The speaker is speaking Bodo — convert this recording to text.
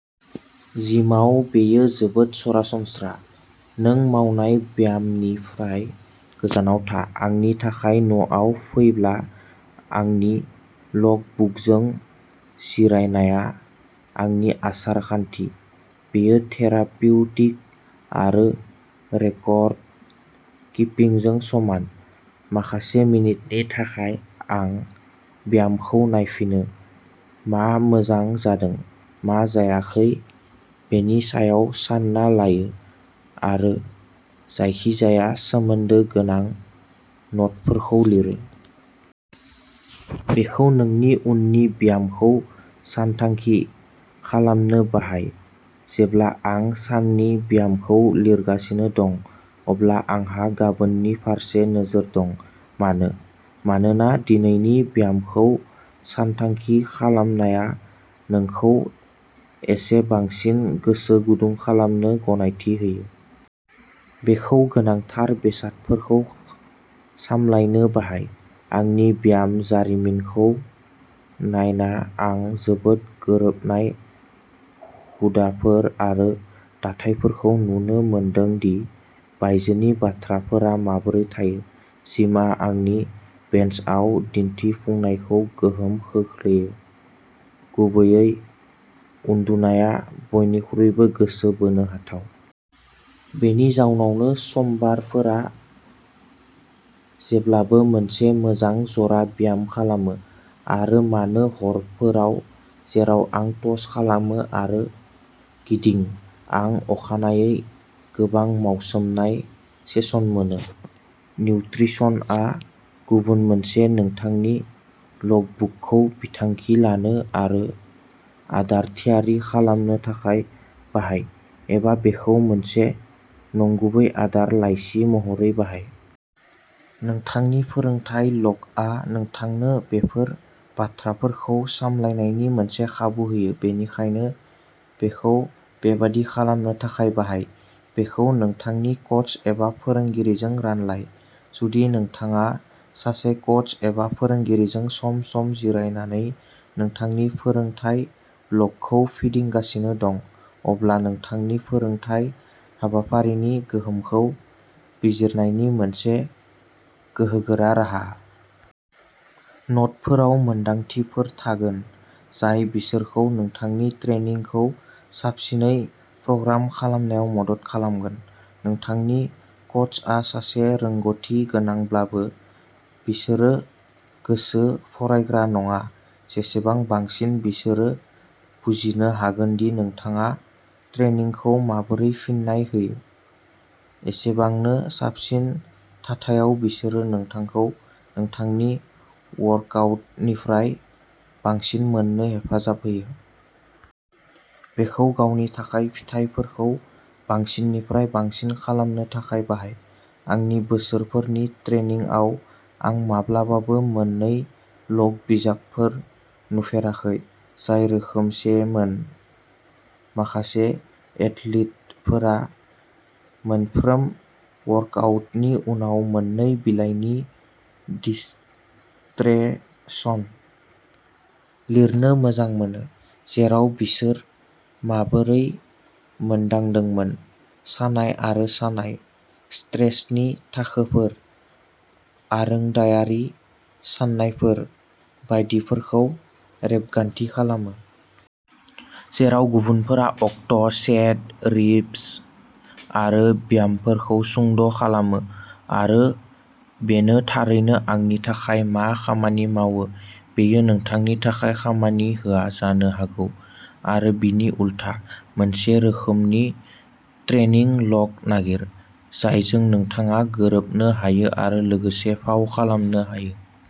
जिमाव बेयो जोबोद सरासनस्रा। नों मावनाय ब्यामनिफ्राय गोजानाव था। आंनि थाखाय, न'आव फैब्ला आंनि लग बुकजों जिरायनाया आंनि आसार-खान्थि। बेयो थेरापिउटिक आरो रेकर्ड किपिंजों समान। माखासे मिनिटनि थाखाय आं ब्यामखौ नायफिनो, मा मोजां जादों, मा जायाखै बेनि सायाव सान्ना लायो आरो जायखिजाया सोमोन्दो गोनां नटफोरखौ लिरो। बेखौ नोंनि उननि ब्यामखौ सानथांखि खालामनो बाहाय। जेब्ला आं साननि ब्यामखौ लिरगासिनो दं, अब्ला आंहा गाबोननि फारसे नोजोर दं। मानो? मानोना दिनैनि ब्यामखौ सानथांखि खालामनाया नोंखौ एसे बांसिन गोसो गुदुं खालामनो गनायथि होयो। बेखौ गोनांथार बेसादफोरखौ सामलायनो बाहाय। आंनि ब्याम जारिमिनखौ नायना आं जोबोद गोरोबनाय हुदाफोर आरो दाथायफोरखौ नुनो मोनदों दि बायजोनि बाथ्राफोरा माबोरै थायो। जिमआ आंनि बेन्चआव दिन्थिफुंनायखौ गोहोम खोख्लैयो। गुबैयै उन्दुनाया बयनिख्रुइबो गोसो बोनो हाथाव। बेनि जाहोनावनो समबारफोरा जेब्लाबो मोनसे मोजां ज'रा ब्याम खालामो, आरो मानो हरफोराव जेराव आं टस खालामो आरो गिदिं, आं अखानायै गोबां मावसोमनाय सेसन मोनो। निउत्रिसनआ गुबुन मोनसे। नोंथांनि लगबुकखौ बिथांखि लानो आरो आदार थियारि खालामनो थाखाय बाहाय, एबा बेखौ मोनसे नंगुबै आदार लाइसि महरै बाहाय। नोंथांनि फोरोंथाय लगआ नोंथांनो बेफोर बाथ्राफोरखौ सामलायनायनि मोनसे खाबु होयो, बेनिखायनो बेखौ बेबादि खालामनो थाखाय बाहाय। बेखौ नोंथांनि कच एबा फोरोंगिरिजों रानलाय। जुदि नोंथाङा सासे कच एबा फोरोंगिरिजों सम-सम जिरायनानै नोंथांनि फोरोंथाय लगखौ फिदिंगासिनो दं, अब्ला नोंथांनि फोरोंथाय हाबाफारिनि गोहोमखौ बिजिरनायनि मोनसे गोहोगोरा राहा। न'टफोराव मोनदांथिफोर थागोन जाय बिसोरखौ नोंथांनि ट्रेनिंखौ साबसिनै प्रग्राम खालामनायाव मदद खालामगोन। नोंथांनि कचआ सासे रोंग'थि गोनांब्लाबो, बिसोरो गोसो फरायग्रा नङा जेसेबां बांसिन बिसोरो बुजिनो हागोन दि नोंथाङा ट्रेनिंखौ माबोरै फिन्नाय होयो एसेबांनो साबसिन थाथायाव बिसोरो नोंथांखौ नोंथांनि वर्कआउटनिफ्राय बांसिन मोननो हेफाजाब होयो। बेखौ गावनि थाखाय फिथायफोरखौ बांसिननिफ्राय बांसिन खालामनो थाखाय बाहाय। आंनि बोसोरफोरनि ट्रेनिंआव आं माब्लाबाबो मोन्नै लग बिजाबफोर नुफेराखै जाय रोखोमसेमोन। माखासे एथलीटफोरा मोनफ्रोम वर्कआउटनि उनाव मोन्नै बिलाइनि डिसर्टेशन लिरनो मोजां मोनो, जेराव बिसोर माबोरै मोनदांदोंमोन, सानाय आरो सानाय, स्ट्रेसनि थाखोफोर, आरोंदायारि साननायफोर बायदिफोरखौ रेबगान्थि खालामो। जेराव गुबुनफोरा अक्ट', सेट, रिप्स आरो ब्यामफोरखौ सुंद' खालामो, आरो बेनो थारैनो आंनि थाखाय मा खामानि मावो बेयो नोंथांनि थाखाय खामानि होआ जानो हागौ, आरो बिनि उलथा। मोनसे रोखोमनि ट्रेनिं लग नागिर, जायजों नोंथाङा गोरोबनो हायो आरो लोगोसे फाव खालामनो हायो।